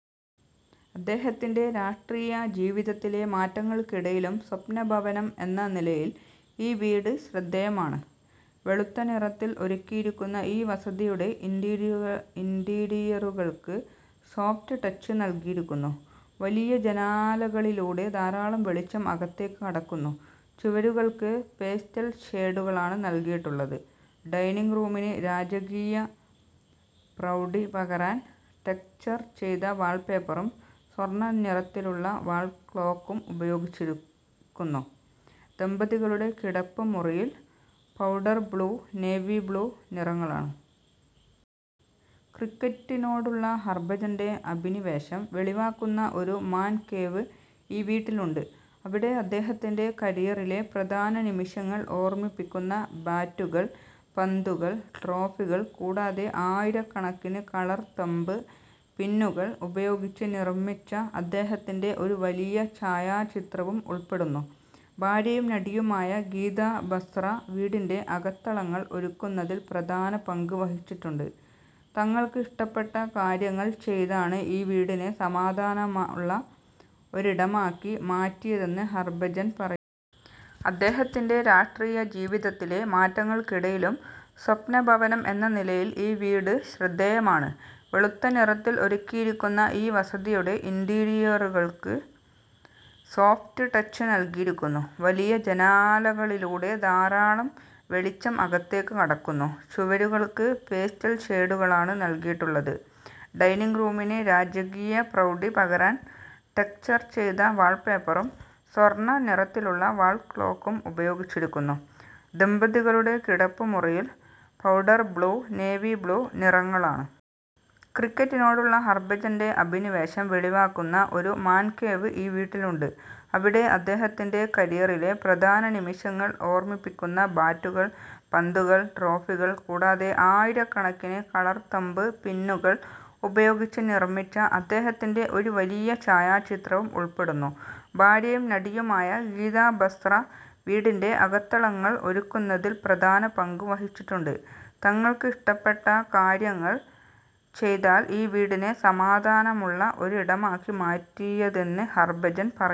അദ്ദേഹത്തിന്റെ രാഷ്ട്രീയ ജീവിതത്തിലെ മാറ്റങ്ങൾക്കിടയിലും, സ്വപ്നഭവനം എന്ന നിലയിൽ ഈ വീട് ശ്രദ്ധേയമാണ്. വെളുത്ത നിറത്തിൽ ഒരുക്കിയിരിക്കുന്ന ഈ വസതിയുടെ ഇന്റീരിയറുകൾക്ക് 'സോഫ്റ്റ് ടച്ച്' നൽകിയിരിക്കുന്നു, വലിയ ജനാലകളിലൂടെ ധാരാളം വെളിച്ചം അകത്തേക്ക് കടക്കുന്നു, ചുവരുകൾക്ക് പേസ്റ്റൽ ഷേഡുകളാണ് നൽകിയിട്ടുള്ളത്. ഡൈനിങ് റൂമിന് രാജകീയ പ്രൗഢി പകരാൻ ടെക്സ്ചർ ചെയ്ത വാൾപേപ്പറും സ്വർണ നിറത്തിലുള്ള വാൾ ക്ലോക്കും ഉപയോഗിച്ചിരിക്കുന്നു, ദമ്പതികളുടെ കിടപ്പുമുറിയിൽ പൗഡർ-ബ്ലൂ, നേവി ബ്ലൂ നിറങ്ങളാണ്. ക്രിക്കറ്റിനോടുള്ള ഹർഭജന്റെ അഭിനിവേശം വെളിവാക്കുന്ന ഒരു 'മാൻ കേവ്' ഈ വീട്ടിലുണ്ട്, അവിടെ അദ്ദേഹത്തിന്റെ കരിയറിലെ പ്രധാന നിമിഷങ്ങൾ ഓർമ്മിപ്പിക്കുന്ന ബാറ്റുകൾ, പന്തുകൾ, ട്രോഫികൾ, കൂടാതെ ആയിരക്കണക്കിന് കളർ തംബ് പിന്നുകൾ ഉപയോഗിച്ച് നിർമ്മിച്ച അദ്ദേഹത്തിന്റെ ഒരു വലിയ ഛായാചിത്രവും ഉൾപ്പെടുന്നു. ഭാര്യയും നടിയുമായ ഗീത ബസ്ര വീടിന്റെ അകത്തളങ്ങൾ ഒരുക്കുന്നതിൽ പ്രധാന പങ്ക് വഹിച്ചിട്ടുണ്ട്, തങ്ങൾക്ക് ഇഷ്ടപ്പെട്ട കാര്യങ്ങൾ ചെയ്താണ് ഈ വീടിനെ സമാധാനമുള്ള ഒരിടമാക്കി മാറ്റിയതെന്ന് ഹർഭജൻ പറയുന്നു. അദ്ദേഹത്തിന്റെ രാഷ്ട്രീയ ജീവിതത്തിലെ മാറ്റങ്ങൾക്കിടയിലും, സ്വപ്നഭവനം എന്ന നിലയിൽ ഈ വീട് ശ്രദ്ധേയമാണ്. വെളുത്ത നിറത്തിൽ ഒരുക്കിയിരിക്കുന്ന ഈ വസതിയുടെ ഇന്റീരിയറുകൾക്ക് 'സോഫ്റ്റ് ടച്ച്' നൽകിയിരിക്കുന്നു, വലിയ ജനാലകളിലൂടെ ധാരാളം വെളിച്ചം അകത്തേക്ക് കടക്കുന്നു, ചുവരുകൾക്ക് പേസ്റ്റൽ ഷേഡുകളാണ് നൽകിയിട്ടുള്ളത്. ഡൈനിങ് റൂമിന് രാജകീയ പ്രൗഢി പകരാൻ ടെക്സ്ചർ ചെയ്ത വാൾപേപ്പറും സ്വർണ നിറത്തിലുള്ള വാൾ ക്ലോക്കും ഉപയോഗിച്ചിരിക്കുന്നു, ദമ്പതികളുടെ കിടപ്പുമുറിയിൽ പൗഡർ-ബ്ലൂ, നേവി ബ്ലൂ നിറങ്ങളാണ്. ക്രിക്കറ്റിനോടുള്ള ഹർഭജന്റെ അഭിനിവേശം വെളിവാക്കുന്ന ഒരു 'മാൻ കേവ്' ഈ വീട്ടിലുണ്ട്, അവിടെ അദ്ദേഹത്തിന്റെ കരിയറിലെ പ്രധാന നിമിഷങ്ങൾ ഓർമ്മിപ്പിക്കുന്ന ബാറ്റുകൾ, പന്തുകൾ, ട്രോഫികൾ, കൂടാതെ ആയിരക്കണക്കിന് കളർ തംബ് പിന്നുകൾ ഉപയോഗിച്ച് നിർമ്മിച്ച അദ്ദേഹത്തിന്റെ ഒരു വലിയ ഛായാചിത്രവും ഉൾപ്പെടുന്നു. ഭാര്യയും നടിയുമായ ഗീത ബസ്ര വീടിന്റെ അകത്തളങ്ങൾ ഒരുക്കുന്നതിൽ പ്രധാന പങ്ക് വഹിച്ചിട്ടുണ്ട്, തങ്ങൾക്ക് ഇഷ്ടപ്പെട്ട കാര്യങ്ങൾ ചെയ്താണ് ഈ വീടിനെ സമാധാനമുള്ള ഒരിടമാക്കി മാറ്റിയതെന്ന് ഹർഭജൻ പറയുന്നു.